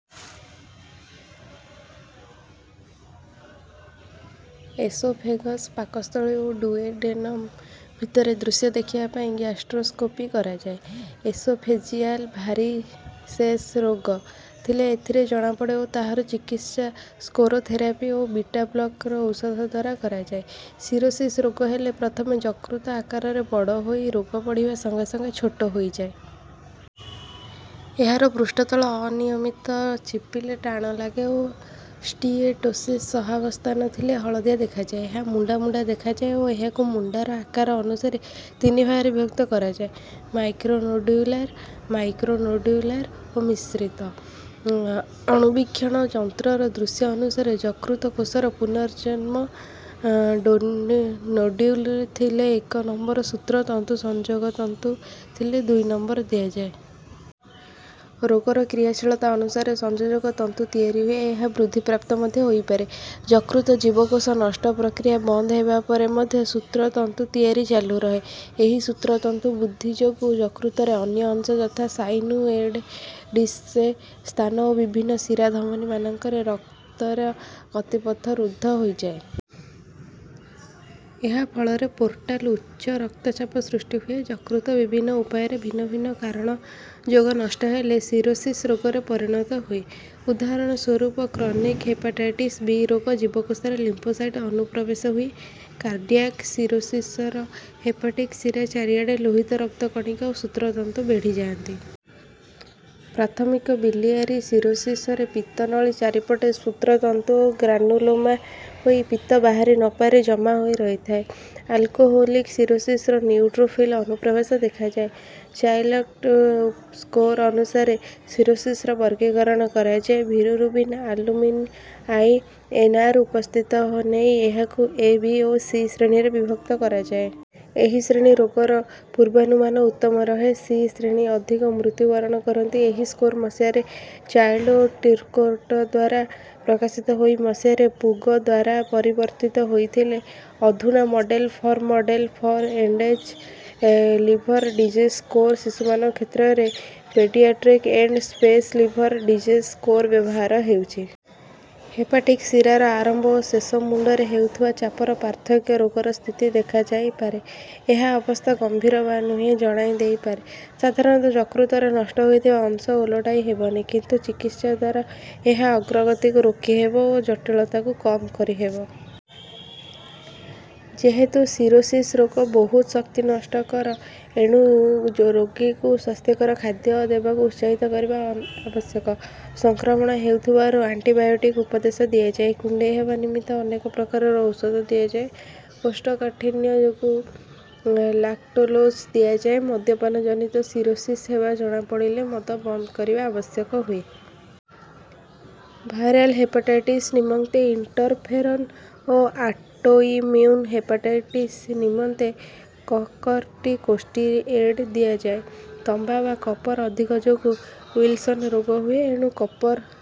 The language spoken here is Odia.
ଏସୋଫେଗସ୍ ପାକସ୍ଥଳୀ ଓ ଡୁଇଡେନମ୍ ଭିତରେ ଦୃଶ୍ୟ ଦେଖିବା ପାଇଁ ଗ୍ୟାଷ୍ଟ୍ରୋସ୍କୋପି କରାଯାଏ। ଏସୋଫେଜିଆଲ୍ ଭାରିସେସ୍ ରୋଗ ଥିଲେ ଏଥିରେ ଜଣାପଡେ ଓ ତାହାର ଚିକିତ୍ସା ସ୍କ୍ଲେରୋଥେରାପି ଓ ବିଟାବ୍ଲକର ଔଷଧଦ୍ୱାରା କରାଯାଏ। ସିରୋସିସ୍ ରୋଗ ହେଲେ ପ୍ରଥମେ ଯକୃତ ଆକାରରେ ବଡ ହୋଇ ରୋଗ ବଢିବା ସଙ୍ଗେ ସଙ୍ଗେ ଛୋଟ ହୋଇଯାଏ। ଏହାର ପୃଷ୍ଠତଳ ଅନିୟମିତ ଚିପିଲେ ଟାଣ ଲାଗେ ଓ ସ୍ଟିଏଟୋସିସ୍ ସହାବସ୍ଥାନ ଥିଲେ ହଳଦିଆ ଦେଖାଯାଏ। ଏହା ମୁଣ୍ଡା ମୁଣ୍ଡା ଦେଖାଯାଏ ଓ ଏହାକୁ ମୁଣ୍ଡାର ଆକାର ଅନୁସାରେ ତିନି ଭାଗରେ ବିଭକ୍ତ କରାଯାଏ ମାଇକ୍ରୋନୋଡ୍ୟୁଲାର୍, ମାଇକ୍ରୋନୋଡ୍ୟୁଲାର୍ ଓ ମିଶ୍ରିତ। ଉଁଆ ଅଣୁବୀକ୍ଷଣ ଯନ୍ତ୍ର୍ରର ଦୃଶ୍ୟ ଅନୁସାରେ ଯକୃତ କୋଷର ପୁନର୍ଜନ୍ମ ଅଁ ଡୋନି ନୋଡ୍ୟୁଲ ଥିଲେ ଏକ ନମ୍ବର ଓ ସୂତ୍ର ତନ୍ତୁ ସଂଯୋଗ ତନ୍ତୁ ଥିଲେ ଦୁଇ ନମ୍ବର ଦିଆଯାଏ। ରୋଗର କ୍ରିୟାଶୀଳତା ଅନୁସାରେ ସଂଯୋଜକ ତନ୍ତୁ ତିଆରି ହୁଏ। ଏହା ବୃଦ୍ଧି ପ୍ରାପ୍ତ ମଧ୍ୟ ହୋଇପାରେ। ଯକୃତ ଜୀବକୋଷ ନଷ୍ଟ ପ୍ରକ୍ରିୟା ବନ୍ଦ ହେବା ପରେ ମଧ୍ୟ ସୂତ୍ର ତନ୍ତୁ ତିଆରି ଚାଲୁ ରହେ। ଏହି ସୂତ୍ର ତନ୍ତୁ ବୃଦ୍ଧି ଯୋଗୁ ଯକୃତରେ ଅନ୍ୟ ଅଂଶ ଯଥା ସାଇନୁଏଡ୍ ଡିସ୍ସେ ସ୍ଥାନ ଓ ବିଭିନ୍ନ ଶିରା ଧମନୀମାନଙ୍କରେ ରକ୍ତର ଗତିପଥ ରୁଦ୍ଧ ହୋଇଯାଏ। ଏହା ଫଳରେ ପୋର୍ଟାଲ୍ ଉଚ୍ଚ ରକ୍ତ ଚାପ ସୃଷ୍ଟି ହୁଏ। ଯକୃତ ବିଭିନ୍ନ ଉପାୟରେ ଭିନ୍ନ ଭିନ୍ନ କାରଣ ଯୋଗ ନଷ୍ଟ ହେଲେ ସିରୋସିସ୍ ରୋଗରେ ପରିଣତ ହୁଏ। ଉଦାହରଣ ସ୍ୱରୁପ କ୍ରନିକ୍ ହେପାଟାଇଟିସ୍ ବି ରୋଗ ଜୀବକୋଷରେ ଲିମ୍ଫୋସାଇଟ ଅନୁପ୍ରବେଶ ହୁଏ କାର୍ଡିଆକ୍ ସିରୋସିସର ହେପାଟିକ ଶିରା ଚାରିଆଡ଼େ ଲୋହିତ ରକ୍ତ କଣିକା ଓ ସୂତ୍ର ତନ୍ତୁ ବେଢି ଯାଆନ୍ତି। ପ୍ରାଥମିକ ବିଲିଆରି ସିରୋସିସରେ ପିତ୍ତ ନଳୀ ଚାରିପଟେ ସୂତ୍ରତନ୍ତୁ ଓ ଗ୍ରାନୁଲୋମା ହୋଇ ପିତ୍ତ ବାହାରି ନ ପାରି ଜମା ହୋଇ ରହିଥାଏ। ଆଲକୋହୋଲିକ ସିରୋସିସର ନ୍ୟୁଟ୍ରୋଫିଲ୍ ଅନୁପ୍ରବେଶ ଦେଖାଯାଏ। ଚାଇଲକ୍ଟୁ ସ୍କୋର ଅନୁସାରେ ସିରୋସିସର ବର୍ଗୀକରଣ କରାଯାଏ। Bilirubin albumin I N R ଉପସ୍ଥିତ ହୋ ନେଇ ଏହାକୁ ଏ ବି ଓ ସି ଶ୍ରେଣୀରେ ବିଭକ୍ତ କରାଯାଏ। ଏ ଶ୍ରେଣୀ ରୋଗର ପୂର୍ବାନୁମାନ ଉତ୍ତମ ରହେ ସି ଶ୍ରେଣୀ ଅଧିକ ମୃତ୍ୟୁ ବରଣ କରନ୍ତି। ଏହି ସ୍କୋର ମସିହାରେ ଚାଇଲ୍ଡ୍ ଓ ଟିର୍କୋଟଦ୍ୱାରା ପ୍ରକାଶିତ ହୋଇ ମସିହାରେ ପୁଗଦ୍ୱାରା ପରିବର୍ତ୍ତିତ ହୋଇଥିଲେ। ଅଧୁନା model for model for end stage a liver disease score ଶିଶୁମାନଙ୍କ କ୍ଷେତ୍ରରେ paediatric end stage liver disease score ବ୍ୟବହାର ହେଉଛି। ହେପାଟିକ୍ ଶିରାର ଆରମ୍ଭ ଓ ଶେଷ ମୁଣ୍ଡରେ ହେଉଥୁବା ଚାପର ପାର୍ଥକ୍ୟ ରୋଗର ସ୍ଥିତି ଦେଖାଯାଇ ପାରେ ଏହା ଅବସ୍ଥା ଗମ୍ଭୀର ବା ନୁହେଁ ଜଣାଇ ଦେଇପାରେ। ସଧାରଣତଃ ଯକୃତର ନଷ୍ଟ ହୋଇଥିବା ଅଂଶ ଓଲଟାଇ ହେବନି। କିନ୍ତୁ ଚିକିତ୍ସା ଦ୍ୱାର ଏହା ଅଗ୍ରଗତିକୁ ରୋକି ହେବ ଓ ଜଟୀଳତାକୁ କମ କରିହେବ। ଯେହେତୁ ସିରୋସିସ୍ ରୋଗ ବହୁତ ଶକ୍ତି ନଷ୍ଟ କର ଏଣୁ ଯୋ ରୋଗୀକୁ ସ୍ୱାସ୍ଥ୍ୟକର ଖାଦ୍ୟ ଦେବାକୁ ଉତ୍ସାହିତ କରିବା ଅ ଆବଶ୍ୟକ। ସଂକ୍ରମଣ ହେଉଥୁବାରୁ ଆଣ୍ଟିବାୟୋଟିକ ଉପଦେଶ ଦିଆଯାଏ। କୁଣ୍ଡେଇ ହେବା ନିମିତ୍ତ ଅନେକ ପ୍ରକାରର ଔଷଧ ଦିଆଯାଏ। କୋଷ୍ଠକାଠିନ୍ୟ ଯୋଗୁଁ ଲାକ୍ଟୁଲୋଜ ଦିଆଯାଏ। ମଦ୍ୟପାନ ଜନିତ ସିରୋସିସ୍ ହେବା ଜଣା ପଡ଼ିଲେ ମଦ ବନ୍ଦ କରିବା ଆବଶ୍ୟକ ହୁଏ। ଭାଇରାଲ୍ ହେପାଟାଇଟିସ୍ ନିମନ୍ତେ ଇଣ୍ଟରଫେରନ୍ ଓ ଅଟୋଇମ୍ୟୁନ୍‌ ହେପାଟାଇଟିସ ନିମନ୍ତେ କକର୍ଟିକୋଷ୍ଟିଏଡ୍‌ ଦିଆଯାଏ। ତମ୍ବା ବା କପର୍ ଆଧିକ ଯୋଗୁଁ ୱିଲସନ୍‌ ରୋଗ ହୁଏ ଏଣୁ କପର୍